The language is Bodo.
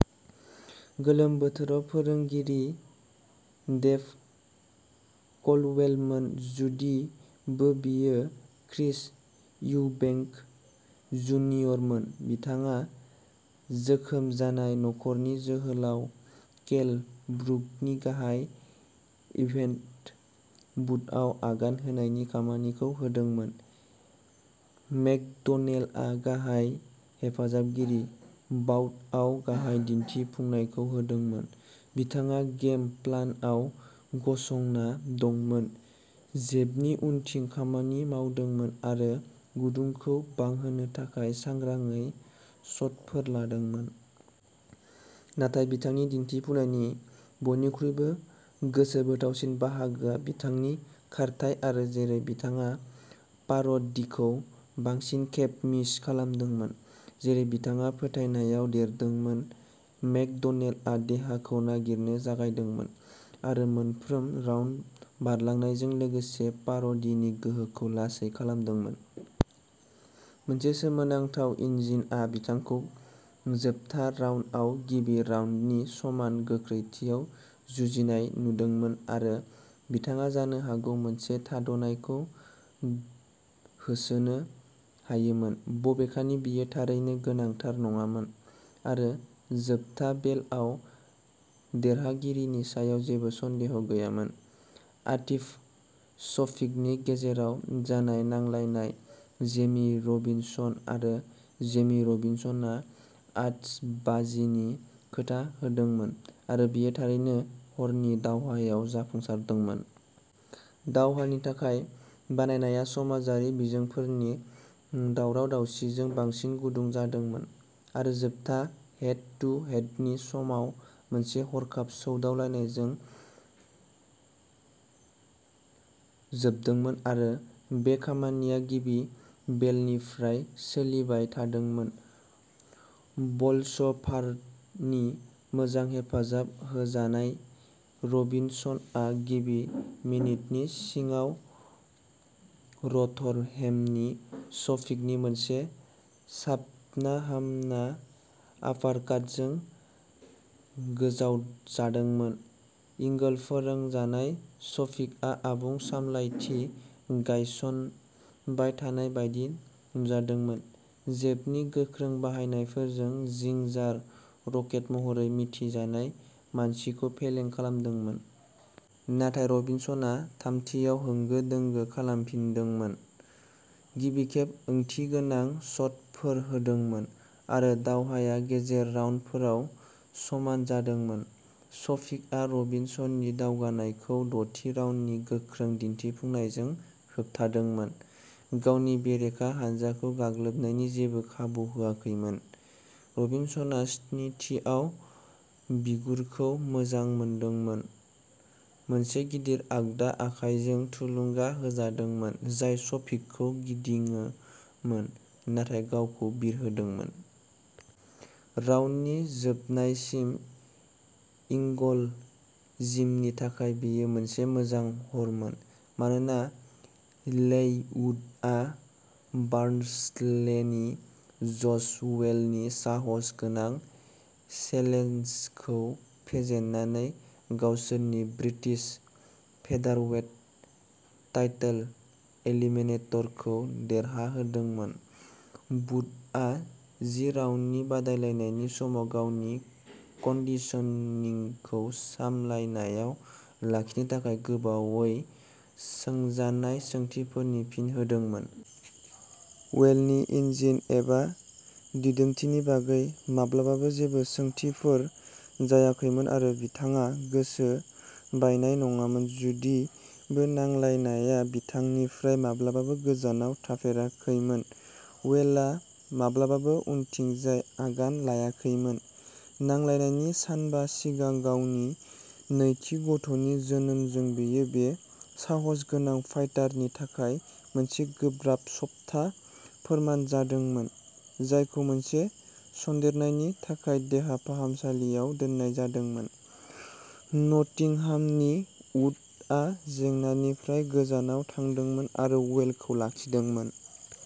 गोलोम बोथोराव फोरोंगिरि डेभ क'ल्डवेलमोन। जुदिबो बेयो क्रिस इउबेंक जुनियरमोन बिथांङा जोखोम जानाय नख'रनि जोहोलाव केल ब्रुकनि गाहाय इभेन्ट बुटआव आगान होनायनि खामानिखौ होदोंमोन मेकड'नेलआ गाहाय हेफाजाबारि बाउटआव गाहाय दिन्थिफुंनायखौ होदोंमोन। बिथाङा गेम प्लानआव गसंना दंमोन जेबनि उनथिं खामानि मावदोंमोन आरो गुदुंखौ बांहोनो थाखाय सांग्राङै शटफोर लादोंमोन। नाथाय बिथांनि दिन्थिफुंनायनि बयनिख्रुइबो गोसोबोथावसिन बाहागोआ बिथांनि खारथाइ आरो जेरै बिथाङा पार'डीखौ बांसिन खेब मिस खालामदोंमोन जेरै बिथाङा फोथायनायाव देरदोंमोन मेकड'नेलआ देहाखौ नागिरनो जागायदोंमोन आरो मोनफ्रोम राउन्ड बारलांनायजों लोगोसे पार'डीनि गोहोखौ लासै खालामदोंमोन। मोनसे सोमोनांथाव इन्जिनआ बिथांखौ जोबथा राउन्डआव गिबि राउन्डनि समान गोख्रैथियाव जुजिनाय नुदोंमोआरो बिथाङा जानो हागौ मोनसे थाद'नायखौ होसोनो हायोमोन बबेखानि बेयो थारैनो गोनांथार नङामोन आरो जोबथा बेलआव देरहागिरिनि सायाव जेबो सन्देह गैयामोन। आतिफ शफिकनि गेजेराव जानाय नांलायनाय जेमी रबिनसन आरो जेमी रबिनसनआ आतसबाजिनि खोथा होदोंमोन आरो बेयो थारैनो हरनि दावहायाव जाफुंसारदोंमोन। दावहानि थाखाय बानायनाया समाजारि बिजोंफोरनि दावराव-दावसिजों बांसिन गुदुं जादोंमोन आरो जोबथा हेड टु हेडनि समाव मोनसे हरखाब सौदावनायजों जोबदोंमोन आरो बे खामानिया गिबि बेलनिफ्राय सोलिबाय थादोंमोन बलस'भारनि मोजां हेफाजाब होजानाय रबिनसनआ गिबि मिनिटनि सिङाव र'थरहेमनि शफिकनि मोनसे साबना हामना आपारकाटजों गोजावजादोंमोन इंगल फोरोंजानाय शफिकआ आबुं सामलायथि गायसनबाय थानाय बायदि नुजादोंमोन जेबनि गोख्रों बाहायनायजों'जिंजार रकेट'महरै मिथिजानाय मानसिखौ फेलें खालामदोंमोन। नाथाय रबिनसनआ थामथिआव होंगो दोंगो खालामफिनदोंमोन गिबि खेब ओंथिगोनां शटफोर होदोंमोन आरो दावहाया गेजेर राउन्डफोराव समान जादोंमोन। शफिकआ रबिनसननि दावगानायखौ द'थि राउन्डनि गोख्रों दिन्थिफुंनायजों होबथादोंमोन गावनि बेरेखा हान्जाखौ गाग्लोबनायनि जेबो खाबु होआखैमोन। रबिनसनआ स्निथिआव बिगुरखौ मोजां मोनदोंमोन मोनसे गिदिर आगदा आखायजों थुलुंगा होजादोंमोन जाय शफिकखौ गिदिङोमोन नाथाय गावखौ बिरहोदोंमोन। राउन्डनि जोबनायसिम इंगल जिमनि थाखाय बेयो मोनसे मोजां हरमोन मानोना लेइ वुडआ बार्नस्लेनि जश वेलनि साहसगोनां चेलेन्जखौ फेजेननानै गावसोरनि ब्रिटिश फेदारवेट टाइटल एलिमिनेटरखौ देरहादोंमोन। वुडआ जि राउन्डनि बादायलायनायनि समाव गावनि कन्डिशनिंखौ सामलायनायाव लाखिनो थाखाय गोबावै सोंजानाय सोंथिफोरनि फिन होदोंमोन। वेलनि इन्जिन एबा दिदोमथिनि बागै माब्लाबाबो जेबो सोंथिफोर जायाखैमोन आरो बिथाङा गोसो बायनाय नङामोन। जुदिबो नांलायनाया बिथांनिफ्राय माब्लाबाबो गोजानाव थाफेराखैमोन वेलआ माब्लाबाबो उनथिंजाय आगान लायाखैमोन। नांलायनायनि सानबा सिगां गावनि नैथि गथ'नि जोनोमजों बेयो बे साहसगोनां फाइटारनि थाखाय मोनसे गोब्राब सप्ता फोरमान जादोंमोन जायखौ मोनसे सन्देरनायनि थाखाय देहा फाहामसालियाव दोननाय जादोंमोन। नटिंहामनि वुडआ जेंनानिफ्राय गोजानाव थादोंमोन आरो वेलखौ लाखिदोंमोन।